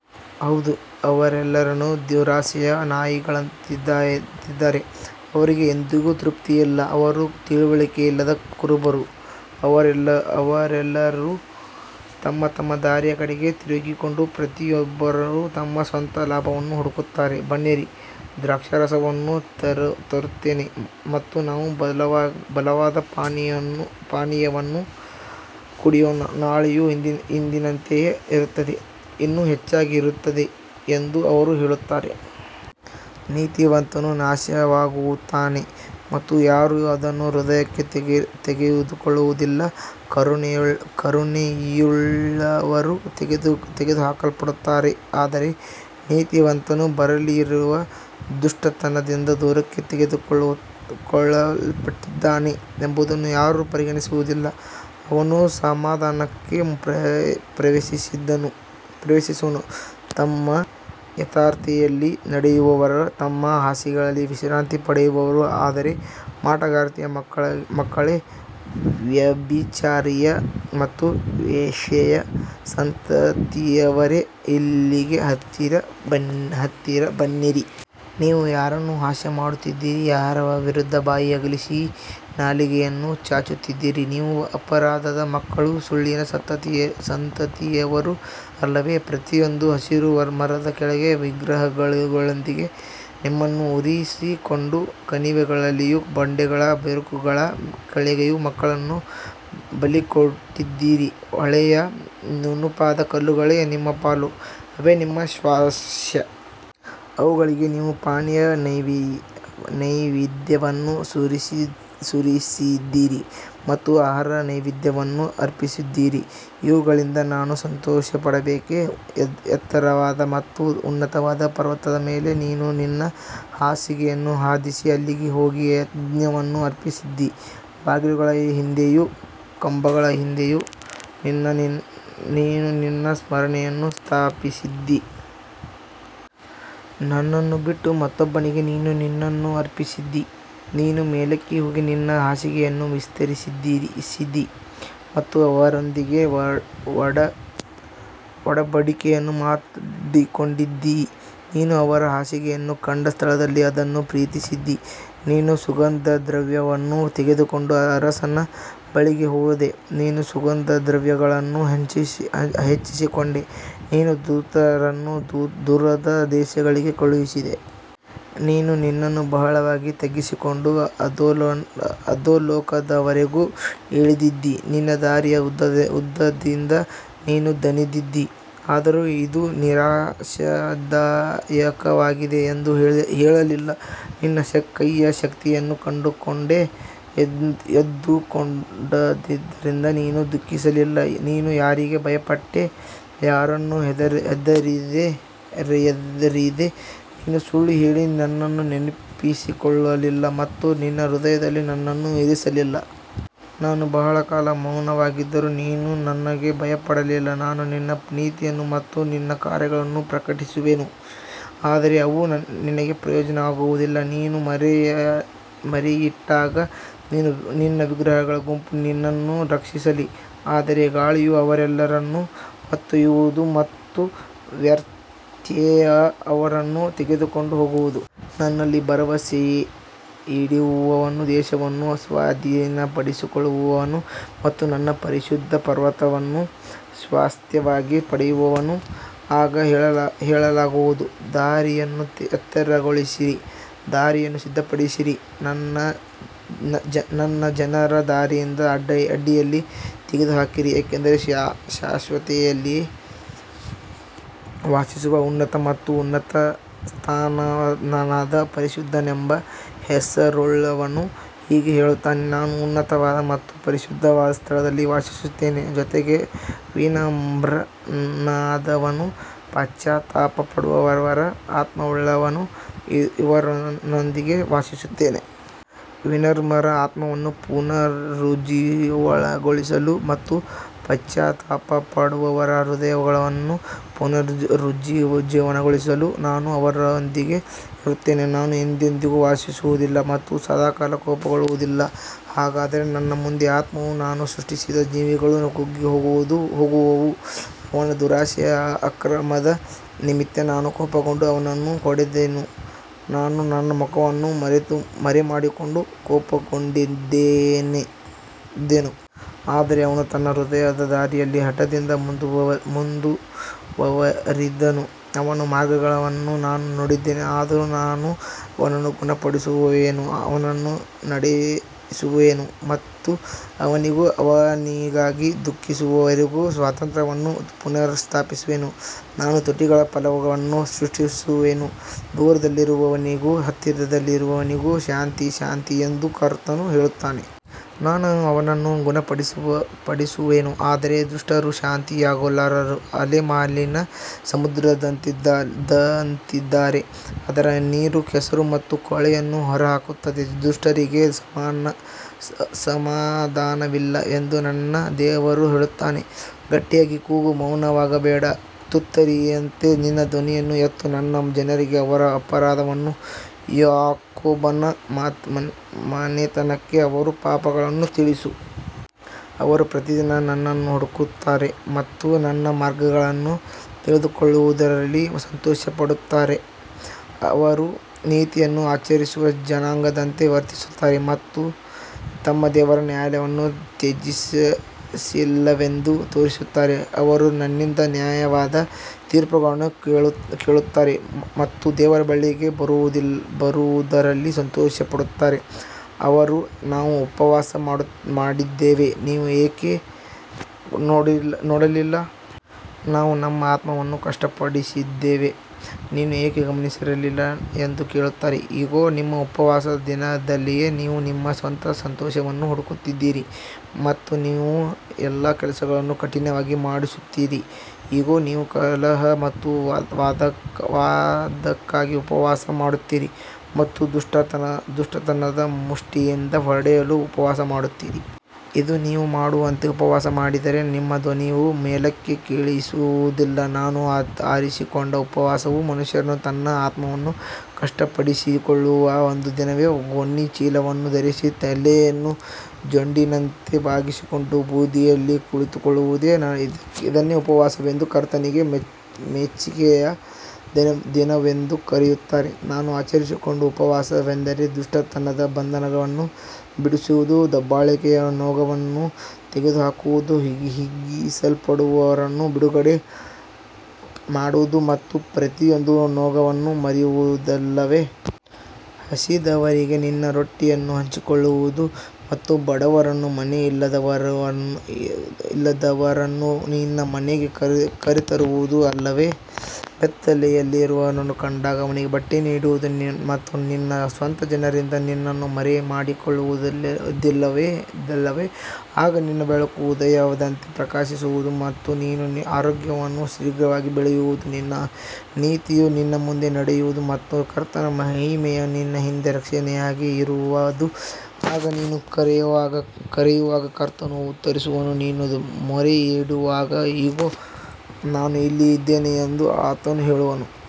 ಹೌದು, ಅವರೆಲ್ಲರೂ ದುರಾಸೆಯ ನಾಯಿಗಳಂತಿದ್ದಾರೆ, ಅವರಿಗೆ ಎಂದಿಗೂ ತೃಪ್ತಿಯಿಲ್ಲ. ಅವರು ತಿಳುವಳಿಕೆಯಿಲ್ಲದ ಕುರುಬರು. ಅವರೆಲ್ಲರೂ ತಮ್ಮ ತಮ್ಮ ದಾರಿಯ ಕಡೆಗೆ ತಿರುಗಿಕೊಂಡು, ಪ್ರತಿಯೊಬ್ಬರೂ ತಮ್ಮ ಸ್ವಂತ ಲಾಭವನ್ನು ಹುಡುಕುತ್ತಾರೆ. ಬನ್ನಿರಿ, ದ್ರಾಕ್ಷಾರಸವನ್ನು ತರುತ್ತೇನೆ ಮತ್ತು ನಾವು ಬಲವಾದ ಪಾನೀಯವನ್ನು ಕುಡಿಯೋಣ. ನಾಳೆಯೂ ಇಂದಿನಂತೆಯೇ ಇರುತ್ತದೆ, ಇನ್ನೂ ಹೆಚ್ಚಾಗಿ ಇರುತ್ತದೆ ಎಂದು ಅವರು ಹೇಳುತ್ತಾರೆ. ನೀತಿವಂತನು ನಾಶವಾಗುತ್ತಾನೆ ಮತ್ತು ಯಾರೂ ಅದನ್ನು ಹೃದಯಕ್ಕೆ ತೆಗೆದುಕೊಳ್ಳುವುದಿಲ್ಲ. ಕರುಣೆಯುಳ್ಳವರು ತೆಗೆದುಹಾಕಲ್ಪಡುತ್ತಾರೆ, ಆದರೆ ನೀತಿವಂತನು ಬರಲಿರುವ ದುಷ್ಟತನದಿಂದ ದೂರಕ್ಕೆ ತೆಗೆದುಕೊಳ್ಳಲ್ಪಟ್ಟಿದ್ದಾನೆ ಎಂಬುದನ್ನು ಯಾರೂ ಪರಿಗಣಿಸುವುದಿಲ್ಲ. ಅವನು ಸಮಾಧಾನಕ್ಕೆ ಪ್ರವೇಶಿಸುವನು. ತಮ್ಮ ಯಥಾರ್ಥತೆಯಲ್ಲಿ ನಡೆಯುವವರು ತಮ್ಮ ಹಾಸಿಗೆಗಳಲ್ಲಿ ವಿಶ್ರಾಂತಿ ಪಡೆಯುವರು. ಆದರೆ ಮಾಟಗಾರ್ತಿಯ ಮಕ್ಕಳೇ, ವ್ಯಭಿಚಾರಿಯ ಮತ್ತು ವೇಶ್ಯೆಯ ಸಂತತಿಯವರೇ, ಇಲ್ಲಿಗೆ ಹತ್ತಿರ ಬನ್ನಿರಿ. ನೀವು ಯಾರನ್ನು ಹಾಸ್ಯಮಾಡುತ್ತಿದ್ದೀರಿ? ಯಾರ ವಿರುದ್ಧ ಬಾಯಿ ಅಗಲಿಸಿ ನಾಲಿಗೆಯನ್ನು ಚಾಚುತ್ತಿದ್ದೀರಿ? ನೀವು ಅಪರಾಧದ ಮಕ್ಕಳೂ ಸುಳ್ಳಿನ ಸಂತತಿಯವರೂ ಅಲ್ಲವೇ? ಪ್ರತಿಯೊಂದು ಹಸಿರು ಮರದ ಕೆಳಗೆ ವಿಗ್ರಹಗಳೊಂದಿಗೆ ನಿಮ್ಮನ್ನು ಉರಿಸಿಕೊಂಡು, ಕಣಿವೆಗಳಲ್ಲಿಯೂ ಬಂಡೆಗಳ ಬಿರುಕುಗಳ ಕೆಳಗೆಯೂ ಮಕ್ಕಳನ್ನು ಬಲಿಕೊಟ್ಟಿದ್ದೀರಿ. ಹೊಳೆಯ ನುಣುಪಾದ ಕಲ್ಲುಗಳೇ ನಿಮ್ಮ ಪಾಲು; ಅವೇ ನಿಮ್ಮ ಸ್ವಾಸ್ತ್ಯ. ಅವುಗಳಿಗೆ ನೀವು ಪಾನೀಯ ನೈವೇದ್ಯವನ್ನು ಸುರಿಸಿದ್ದೀರಿ ಮತ್ತು ಆಹಾರ ನೈವೇದ್ಯವನ್ನು ಅರ್ಪಿಸಿದ್ದೀರಿ. ಇವುಗಳಿಂದ ನಾನು ಸಂತೋಷಪಡಬೇಕೇ? ಎತ್ತರವಾದ ಮತ್ತು ಉನ್ನತವಾದ ಪರ್ವತದ ಮೇಲೆ ನೀನು ನಿನ್ನ ಹಾಸಿಗೆಯನ್ನು ಹಾಸಿದ್ದೀ. ಅಲ್ಲಿಗೆ ಹೋಗಿ ಯಜ್ಞವನ್ನು ಅರ್ಪಿಸಿದ್ದೀ. ಬಾಗಿಲುಗಳ ಹಿಂದೆಯೂ ಕಂಬಗಳ ಹಿಂದೆಯೂ ನೀನು ನಿನ್ನ ಸ್ಮರಣೆಯನ್ನು ಸ್ಥಾಪಿಸಿದ್ದೀ. ನನ್ನನ್ನು ಬಿಟ್ಟು ಮತ್ತೊಬ್ಬನಿಗೆ ನೀನು ನಿನ್ನನ್ನು ಅರ್ಪಿಸಿದ್ದೀ. ನೀನು ಮೇಲಕ್ಕೆ ಹೋಗಿ ನಿನ್ನ ಹಾಸಿಗೆಯನ್ನು ವಿಸ್ತರಿಸಿದ್ದೀ ಮತ್ತು ಅವರೊಂದಿಗೆ ಒಡಂಬಡಿಕೆಯನ್ನು ಮಾಡಿಕೊಂಡಿದ್ದೀ. ನೀನು ಅವರ ಹಾಸಿಗೆಯನ್ನು ಕಂಡ ಸ್ಥಳದಲ್ಲಿ ಅದನ್ನು ಪ್ರೀತಿಸಿದ್ದೀ. ನೀನು ಸುಗಂಧದ್ರವ್ಯವನ್ನು ತೆಗೆದುಕೊಂಡು ಅರಸನ ಬಳಿಗೆ ಹೋದೆ. ನಿನ್ನ ಸುಗಂಧದ್ರವ್ಯಗಳನ್ನು ಹೆಚ್ಚಿಸಿಕೊಂಡೆ. ನಿನ್ನ ದೂತರನ್ನು ದೂರದ ದೇಶಗಳಿಗೆ ಕಳುಹಿಸಿದೆ. ನೀನು ನಿನ್ನನ್ನು ಬಹಳವಾಗಿ ತಗ್ಗಿಸಿಕೊಂಡು ಅಧೋಲೋಕದವರೆಗೂ ಇಳಿದಿದ್ದೀ. ನಿನ್ನ ದಾರಿಯ ಉದ್ದದಿಂದ ನೀನು ದಣಿದಿದ್ದೀ, ಆದರೂ ಇದು ನಿರಾಶಾದಾಯಕವಾಗಿದೆ ಎಂದು ಹೇಳಲಿಲ್ಲ. ನಿನ್ನ ಕೈಯ ಶಕ್ತಿಯನ್ನು ಕಂಡುಕೊಂಡೆ ಎಂದುಕೊಂಡದ್ದರಿಂದ ನೀನು ದುಃಖಿಸಲಿಲ್ಲ. ನೀನು ಯಾರಿಗೆ ಭಯಪಟ್ಟೆ? ಯಾರನ್ನು ಹೆದರಿದೆ? ನೀನು ಸುಳ್ಳು ಹೇಳಿ ನನ್ನನ್ನು ನೆನಪಿಸಿಕೊಳ್ಳಲಿಲ್ಲ ಮತ್ತು ನಿನ್ನ ಹೃದಯದಲ್ಲಿ ನನ್ನನ್ನು ಇರಿಸಲಿಲ್ಲ. ನಾನು ಬಹಳ ಕಾಲ ಮೌನವಾಗಿದ್ದರೂ ನೀನು ನನಗೆ ಭಯಪಡಲಿಲ್ಲ. ನಾನು ನಿನ್ನ ನೀತಿಯನ್ನು ಮತ್ತು ನಿನ್ನ ಕಾರ್ಯಗಳನ್ನು ಪ್ರಕಟಿಸುವೆನು, ಆದರೆ ಅವು ನಿನಗೆ ಪ್ರಯೋಜನವಾಗುವುದಿಲ್ಲ. ನೀನು ಮೊರೆಯಿಟ್ಟಾಗ ನಿನ್ನ ವಿಗ್ರಹಗಳ ಗುಂಪು ನಿನ್ನನ್ನು ರಕ್ಷಿಸಲಿ. ಆದರೆ ಗಾಳಿಯು ಅವರೆಲ್ಲರನ್ನು ಹೊತ್ತೊಯ್ಯುವುದು ಮತ್ತು ವ್ಯರ್ಥತೆಯು ಅವರನ್ನು ತೆಗೆದುಕೊಂಡು ಹೋಗುವುದು. ನನ್ನಲ್ಲಿ ಭರವಸೆಯಿಡುವವನು ದೇಶವನ್ನು ಸ್ವಾಧೀನಪಡಿಸಿಕೊಳ್ಳುವನು ಮತ್ತು ನನ್ನ ಪರಿಶುದ್ಧ ಪರ್ವತವನ್ನು ಸ್ವಾಸ್ತ್ಯವಾಗಿ ಪಡೆಯುವನು. ಆಗ ಹೇಳಲಾಗುವುದು: ದಾರಿಯನ್ನು ಎತ್ತರಗೊಳಿಸಿರಿ, ದಾರಿಯನ್ನು ಸಿದ್ಧಪಡಿಸಿರಿ, ನನ್ನ ಜನರ ದಾರಿಯಿಂದ ಅಡ್ಡಿಯನ್ನು ತೆಗೆದುಹಾಕಿರಿ. ಏಕೆಂದರೆ ಶಾಶ್ವತತೆಯಲ್ಲಿ ವಾಸಿಸುವ ಉನ್ನತ ಮತ್ತು ಉನ್ನತಸ್ಥನಾದ, ಪರಿಶುದ್ಧನೆಂಬ ಹೆಸರುಳ್ಳವನು ಹೀಗೆ ಹೇಳುತ್ತಾನೆ: ನಾನು ಉನ್ನತವಾದ ಮತ್ತು ಪರಿಶುದ್ಧವಾದ ಸ್ಥಳದಲ್ಲಿ ವಾಸಿಸುತ್ತೇನೆ; ಜೊತೆಗೆ ವಿನಮ್ರನಾದವನೂ ಪಶ್ಚಾತ್ತಾಪಪಡುವ ಆತ್ಮವುಳ್ಳವನೂ ಇರುವವನೊಂದಿಗೆ ವಾಸಿಸುತ್ತೇನೆ. ವಿನಮ್ರರ ಆತ್ಮವನ್ನು ಪುನರುಜ್ಜೀವನಗೊಳಿಸಲು ಮತ್ತು ಪಶ್ಚಾತ್ತಾಪಪಡುವವರ ಹೃದಯವನ್ನು ಪುನರುಜ್ಜೀವನಗೊಳಿಸಲು ನಾನು ಅವರೊಂದಿಗೆ ಇರುತ್ತೇನೆ. ನಾನು ಎಂದೆಂದಿಗೂ ವಾದಿಸುವುದಿಲ್ಲ ಮತ್ತು ಸದಾಕಾಲ ಕೋಪಗೊಳ್ಳುವುದಿಲ್ಲ. ಹಾಗಾದರೆ ನನ್ನ ಮುಂದೆ ಆತ್ಮವೂ ನಾನು ಸೃಷ್ಟಿಸಿದ ಜೀವಿಗಳೂ ಕುಗ್ಗಿಹೋಗುವವು. ಅವನ ದುರಾಸೆಯ ಅಕ್ರಮದ ನಿಮಿತ್ತ ನಾನು ಕೋಪಗೊಂಡು ಅವನನ್ನು ಹೊಡೆದೆನು. ನಾನು ನನ್ನ ಮುಖವನ್ನು ಮರೆಮಾಡಿಕೊಂಡು ಕೋಪಗೊಂಡಿದ್ದೆನು. ಆದರೆ ಅವನು ತನ್ನ ಹೃದಯದ ದಾರಿಯಲ್ಲಿ ಹಠದಿಂದ ಮುಂದುವರಿದನು. ಅವನ ಮಾರ್ಗಗಳನ್ನು ನಾನು ನೋಡಿದ್ದೇನೆ. ಆದರೂ ನಾನು ಅವನನ್ನು ಗುಣಪಡಿಸುವೆನು. ಅವನನ್ನು ನಡೆಸುವೆನು ಮತ್ತು ಅವನಿಗೂ ಅವನಿಗಾಗಿ ದುಃಖಿಸುವವರಿಗೂ ಸಾಂತ್ವನವನ್ನು ಪುನಃಸ್ಥಾಪಿಸುವೆನು. ನಾನು ತುಟಿಗಳ ಫಲವನ್ನು ಸೃಷ್ಟಿಸುವೆನು. ದೂರದಲ್ಲಿರುವವನಿಗೂ ಹತ್ತಿರದಲ್ಲಿರುವವನಿಗೂ ಶಾಂತಿ, ಶಾಂತಿ ಎಂದು ಕರ್ತನು ಹೇಳುತ್ತಾನೆ. ನಾನು ಅವನನ್ನು ಗುಣಪಡಿಸುವೆನು. ಆದರೆ ದುಷ್ಟರು ಶಾಂತಿಯಾಗಲಾರದ ಅಲೆಮಾಲಿನ ಸಮುದ್ರದಂತಿದ್ದಾರೆ. ಅದರ ನೀರು ಕೆಸರು ಮತ್ತು ಕೊಳೆಯನ್ನು ಹೊರಹಾಕುತ್ತದೆ. ದುಷ್ಟರಿಗೆ ಸಮಾಧಾನವಿಲ್ಲ ಎಂದು ನನ್ನ ದೇವರು ಹೇಳುತ್ತಾನೆ. ಗಟ್ಟಿಯಾಗಿ ಕೂಗು, ಮೌನವಾಗಬೇಡ. ತುತ್ತೂರಿಯಂತೆ ನಿನ್ನ ಧ್ವನಿಯನ್ನು ಎತ್ತು. ನನ್ನ ಜನರಿಗೆ ಅವರ ಅಪರಾಧವನ್ನೂ ಯಾಕೋಬನ ಮನೆತನಕ್ಕೆ ಅವರ ಪಾಪಗಳನ್ನೂ ತಿಳಿಸು. ಅವರು ಪ್ರತಿದಿನ ನನ್ನನ್ನು ಹುಡುಕುತ್ತಾರೆ ಮತ್ತು ನನ್ನ ಮಾರ್ಗಗಳನ್ನು ತಿಳಿದುಕೊಳ್ಳುವುದರಲ್ಲಿ ಸಂತೋಷಪಡುತ್ತಾರೆ. ಅವರು ನೀತಿಯನ್ನು ಆಚರಿಸುವ ಜನಾಂಗದಂತೆ ವರ್ತಿಸುತ್ತಾರೆ ಮತ್ತು ತಮ್ಮ ದೇವರ ನ್ಯಾಯವನ್ನು ತ್ಯಜಿಸಿಲ್ಲವೆಂದು ತೋರಿಸುತ್ತಾರೆ. ಅವರು ನನ್ನಿಂದ ನ್ಯಾಯವಾದ ತೀರ್ಪುಗಳನ್ನು ಕೇಳುತ್ತಾರೆ ಮತ್ತು ದೇವರ ಬಳಿಗೆ ಬರುವುದರಲ್ಲಿ ಸಂತೋಷಪಡುತ್ತಾರೆ. ಅವರು, ನಾವು ಉಪವಾಸ ಮಾಡಿದ್ದೇವೆ, ನೀನು ಏಕೆ ನೋಡಲಿಲ್ಲ? ನಾವು ನಮ್ಮ ಆತ್ಮವನ್ನು ಕಷ್ಟಪಡಿಸಿದ್ದೇವೆ, ನೀನು ಏಕೆ ಗಮನಿಸಲಿಲ್ಲ? ಎಂದು ಕೇಳುತ್ತಾರೆ. ಇಗೋ, ನಿಮ್ಮ ಉಪವಾಸದ ದಿನದಲ್ಲಿಯೇ ನೀವು ನಿಮ್ಮ ಸ್ವಂತ ಸಂತೋಷವನ್ನು ಹುಡುಕುತ್ತೀರಿ ಮತ್ತು ನಿಮ್ಮ ಎಲ್ಲಾ ಕೆಲಸಗಳನ್ನು ಕಠಿಣವಾಗಿ ಮಾಡಿಸುತ್ತೀರಿ. ಇಗೋ, ನೀವು ಕಲಹ ಮತ್ತು ವಾದಕ್ಕಾಗಿ ಉಪವಾಸ ಮಾಡುತ್ತೀರಿ ಮತ್ತು ದುಷ್ಟತನದ ಮುಷ್ಟಿಯಿಂದ ಹೊಡೆಯಲು ಉಪವಾಸ ಮಾಡುತ್ತೀರಿ. ಇಂದು ನೀವು ಮಾಡುವಂತೆ ಉಪವಾಸ ಮಾಡಿದರೆ ನಿಮ್ಮ ಧ್ವನಿಯು ಮೇಲಕ್ಕೆ ಕೇಳಿಸುವುದಿಲ್ಲ. ನಾನು ಆರಿಸಿಕೊಂಡ ಉಪವಾಸವು ಮನುಷ್ಯನು ತನ್ನ ಆತ್ಮವನ್ನು ಕಷ್ಟಪಡಿಸಿಕೊಳ್ಳುವ ಒಂದು ದಿನವೇ? ಗೋಣಿಚೀಲವನ್ನು ಧರಿಸಿ ತಲೆಯನ್ನು ಜೊಂಡಿನಂತೆ ಬಾಗಿಸಿಕೊಂಡು ಬೂದಿಯಲ್ಲಿ ಕುಳಿತುಕೊಳ್ಳುವುದೇ? ಇದನ್ನೇ ಉಪವಾಸವೆಂದೂ ಕರ್ತನಿಗೆ ಮೆಚ್ಚಿಕೆಯ ದಿನವೆಂದೂ ಕರೆಯುವಿರಾ? ನಾನು ಆರಿಸಿಕೊಂಡ ಉಪವಾಸವೆಂದರೆ ದುಷ್ಟತನದ ಬಂಧನಗಳನ್ನು ಬಿಡಿಸುವುದು, ದಬ್ಬಾಳಿಕೆಯ ನೊಗವನ್ನು ತೆಗೆದುಹಾಕುವುದು, ಹಿಂಸಿಸಲ್ಪಟ್ಟವರನ್ನು ಬಿಡುಗಡೆ ಮಾಡುವುದು ಮತ್ತು ಪ್ರತಿಯೊಂದು ನೊಗವನ್ನು ಮುರಿಯುವುದಲ್ಲವೇ? ಹಸಿದವರಿಗೆ ನಿನ್ನ ರೊಟ್ಟಿಯನ್ನು ಹಂಚಿಕೊಳ್ಳುವುದು ಮತ್ತು ಬಡವರನ್ನೂ ಮನೆ ಇಲ್ಲದವರನ್ನೂ ನಿನ್ನ ಮನೆಗೆ ಕರೆತರುವುದು ಅಲ್ಲವೇ? ಬೆತ್ತಲೆಯವನನ್ನು ಕಂಡಾಗ ಅವನಿಗೆ ಬಟ್ಟೆ ನೀಡುವುದು ಮತ್ತು ನಿನ್ನ ಸ್ವಂತ ಜನರಿಂದ ನಿನ್ನನ್ನು ಮರೆಮಾಡಿಕೊಳ್ಳದಿರುವುದಲ್ಲವೇ? ಆಗ ನಿನ್ನ ಬೆಳಕು ಉದಯದಂತೆ ಪ್ರಕಾಶಿಸುವುದು ಮತ್ತು ನಿನ್ನ ಆರೋಗ್ಯವು ಶೀಘ್ರವಾಗಿ ಬೆಳೆಯುವುದು. ನಿನ್ನ ನೀತಿಯು ನಿನ್ನ ಮುಂದೆ ನಡೆಯುವುದು ಮತ್ತು ಕರ್ತನ ಮಹಿಮೆಯು ನಿನ್ನ ಹಿಂದೆ ರಕ್ಷಣೆಯಾಗಿ ಇರುವದು. ಆಗ ನೀನು ಕರೆಯುವಾಗ ಕರ್ತನು ಉತ್ತರಿಸುವನು. ನೀನು ಮೊರೆಯಿಡುವಾಗ, ಇಗೋ, ನಾನು ಇಲ್ಲಿದ್ದೇನೆ ಎಂದು ಆತನು ಹೇಳುವನು.